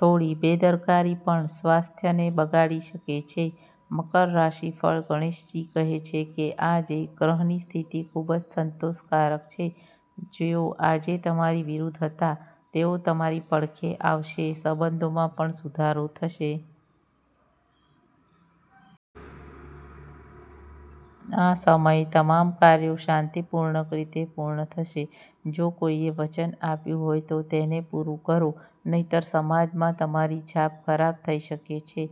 થોડી બેદરકારી પણ સ્વાસ્થ્યને બગાડી શકે છે. મકર રાશિફળ: ગણેશજી કહે છે કે આજે ગ્રહની સ્થિતિ ખૂબ જ સંતોષકારક છે. જેઓ આજે તમારી વિરુદ્ધ હતા તેઓ તમારી પડખે આવશે. સંબંધોમાં પણ સુધારો થશે. આ સમયે તમામ કાર્યો શાંતિપૂર્ણ રીતે પૂર્ણ થશે. જો કોઈએ વચન આપ્યું હોય તો તેને પૂરું કરો. નહીંતર સમાજમાં તમારી છાપ ખરાબ થઈ શકે છે.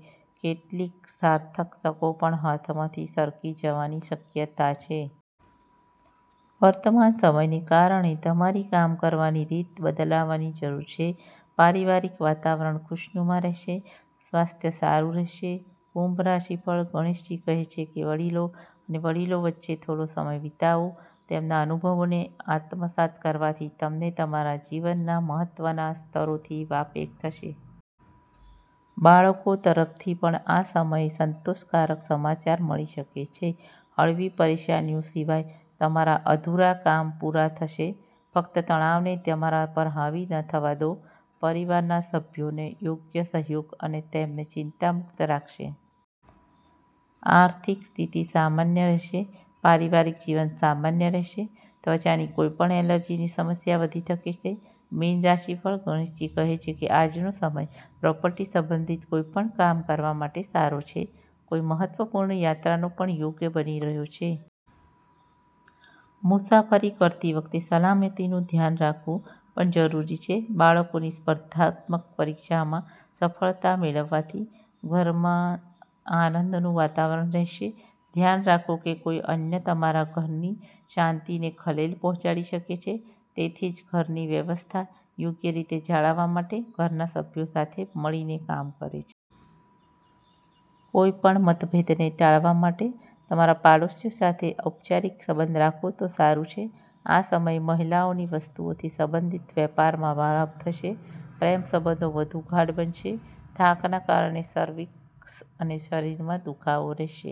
કેટલીક સાર્થક તકો પણ હાથમાંથી સરકી જવાની શક્યતા છે. વર્તમાન સમયને કારણે તમારી કામ કરવાની રીત બદલવાની જરૂર છે. પારિવારિક વાતાવરણ ખુશનુમા રહેશે. સ્વાસ્થ્ય સારું રહેશે. કુંભ રાશિફળ: ગણેશજી કહે છે કે વડીલો અને વડીલો વચ્ચે થોડો સમય વિતાવો. તેમના અનુભવોને આત્મસાત કરવાથી તમને તમારા જીવનના મહત્વના સ્તરોથી વાકેફ થશે. બાળકો તરફથી પણ આ સમયે સંતોષકારક સમાચાર મળી શકે છે. હળવી પરેશાનીઓ સિવાય તમારા અધૂરા કામ પૂરા થશે. ફક્ત તણાવને તમારા પર હાવી થવા દો નહીં. પરિવારના સભ્યોનો યોગ્ય સહયોગ તમને ચિંતામુક્ત રાખશે. આર્થિક સ્થિતિ સામાન્ય રહેશે. પારિવારિક જીવન સામાન્ય રહેશે. ત્વચાની કોઈપણ એલર્જીની સમસ્યા વધી શકે છે. મીન રાશિફળ: ગણેશજી કહે છે કે આજનો સમય પ્રોપર્ટી સંબંધિત કોઈપણ કામ કરવા માટે સારો છે. કોઈ મહત્વપૂર્ણ યાત્રાનો પણ યોગ બની રહ્યો છે. મુસાફરી કરતી વખતે સલામતીનું ધ્યાન રાખવું પણ જરૂરી છે. બાળકની સ્પર્ધાત્મક પરીક્ષામાં સફળતા મળવાથી ઘરમાં આનંદનું વાતાવરણ રહેશે. ધ્યાન રાખો કે કોઈ અન્ય તમારા ઘરની શાંતિને ખલેલ પહોંચાડી શકે છે. તેથી જ ઘરની વ્યવસ્થા યોગ્ય રીતે જાળવવા માટે ઘરના સભ્યો સાથે મળીને કામ કરે છે. કોઈપણ મતભેદને ટાળવા માટે તમારા પડોશીઓ સાથે ઔપચારિક સંબંધ રાખો તે સારું છે. આ સમયે મહિલાઓની વસ્તુઓથી સંબંધિત વેપારમાં લાભ થશે. પ્રેમ સંબંધો વધુ ગાઢ બનશે. થાકને કારણે સર્વિક્સ અને શરીરમાં દુખાવો રહેશે.